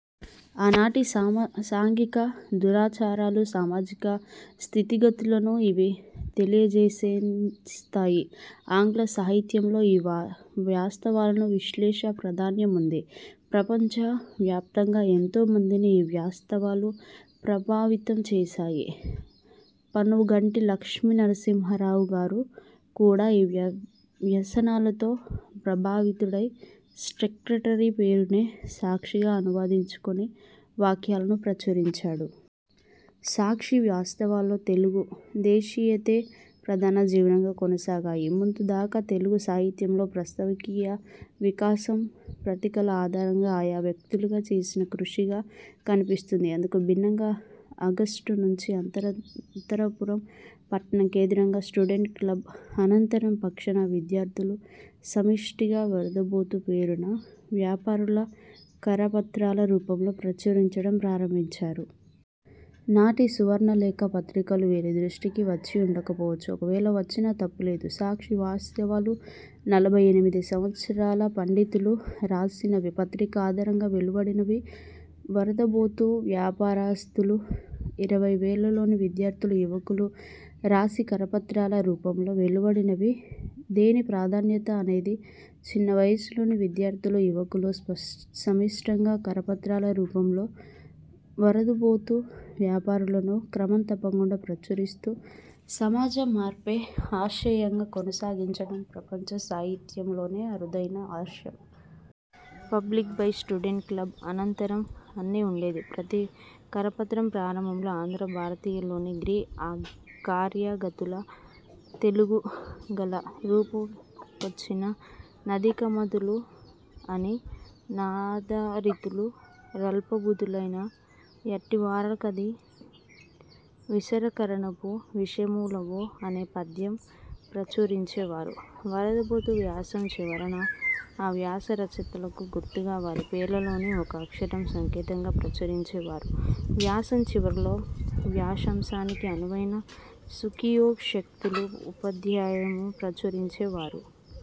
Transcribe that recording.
ఆనాటి సాంఘిక దురాచారాలు, సామాజిక స్థితిగతులను ఇవి తెలియజేస్తాయి. ఆంగ్ల సాహిత్యంలో ఈ వ్యాసాలకు విశేష ప్రాధాన్యం ఉంది. ప్రపంచ వ్యాప్తంగా ఎంతో మందిని ఈ వ్యాసాలు ప్రభావితం చేశాయి. పానుగంటి లక్ష్మీనరసింహారావు గారు కూడా ఈ వ్యాసాలతో ప్రభావితుడై 'స్పెక్టేటర్' పేరునే 'సాక్షి'గా అనువదించుకొని వ్యాసాలను ప్రచురించాడు. 'సాక్షి వ్యాసాల'లో తెలుగు దేశీయతే ప్రధాన జీవంగా కొనసాగాయి. ముందు దాకా తెలుగు సాహిత్యంలో వ్యాసప్రక్రియ వికాసం పత్రికల ఆధారంగా ఆయా వ్యక్తులుగా చేసిన కృషిగా కనిపిస్తుంది. అందుకు భిన్నంగా ఆగస్టు నుంచి అనంతపురం పట్టణం కేంద్రంగా 'స్టూడెంట్స్ క్లబ్ అనంతపురం' పక్షాన విద్యార్థులు సమిష్టిగా 'వదరుఁబోతు' పేరున వ్యాసాలను కరపత్రాల రూపంలో ప్రచురించడం ప్రారంభించారు. నాటి 'సువర్ణలేఖ' పత్రికలు వీరి దృష్టికి వచ్చి వుండకపోవచ్చు. ఒకవేళ వచ్చినా తప్పులేదు. 'సాక్షివ్యాసాలు' నలభైఎనిమిది సంవత్సరాల పండితుడు రాసినవి, పత్రిక ఆధారంగా వెలువడినవి. 'వదరుఁబోతు' వ్యాసాలు ఇరవైలలోని విద్యార్థులు, యువకులు రాసి కరపత్రాల రూపంలో వెలువడినవి. దేని ప్రాధాన్యత దానిదే! చిన్నవయసులోని విద్యార్థులు, యువకులు సమిష్టిగా కరపత్రాల రూపంలో 'వదరుఁబోతు' వ్యాసాలను క్రమం తప్పకుండా ప్రచురిస్తూ సమాజమార్పే ఆశయంగా కొనసాగించడం ప్రపంచ సాహిత్యంలోనే అరుదైన అంశం. 'Published by students club Anantapuram' అని ఉండేది. ప్రతి కరపత్రం ప్రారంభంలో ఆంధ్రభారతములోని గీ ''కార్యగతుల తెఱఁగు గలరూపుచెప్పిన/ నధికమతులు దాని నాదరింతు / రల్పబుద్ధులైన యట్టివారలకది/ విరసకారణంబు విషము వోలె'' అనే పద్యం ప్రచురించేవారు. వదరుఁబోతు వ్యాసం చివరన ఆ వ్యాస రచయితలకు గుర్తుగా వారి పేర్లలోని ఒక అక్షరం సంకేతంగా ప్రచురించేవారు. వ్యాసం చివరలో వ్యాసాంశానికి అనువైన సూక్తియో, శ్లోకమో, పద్యపాదమో ప్రచురించేవారు.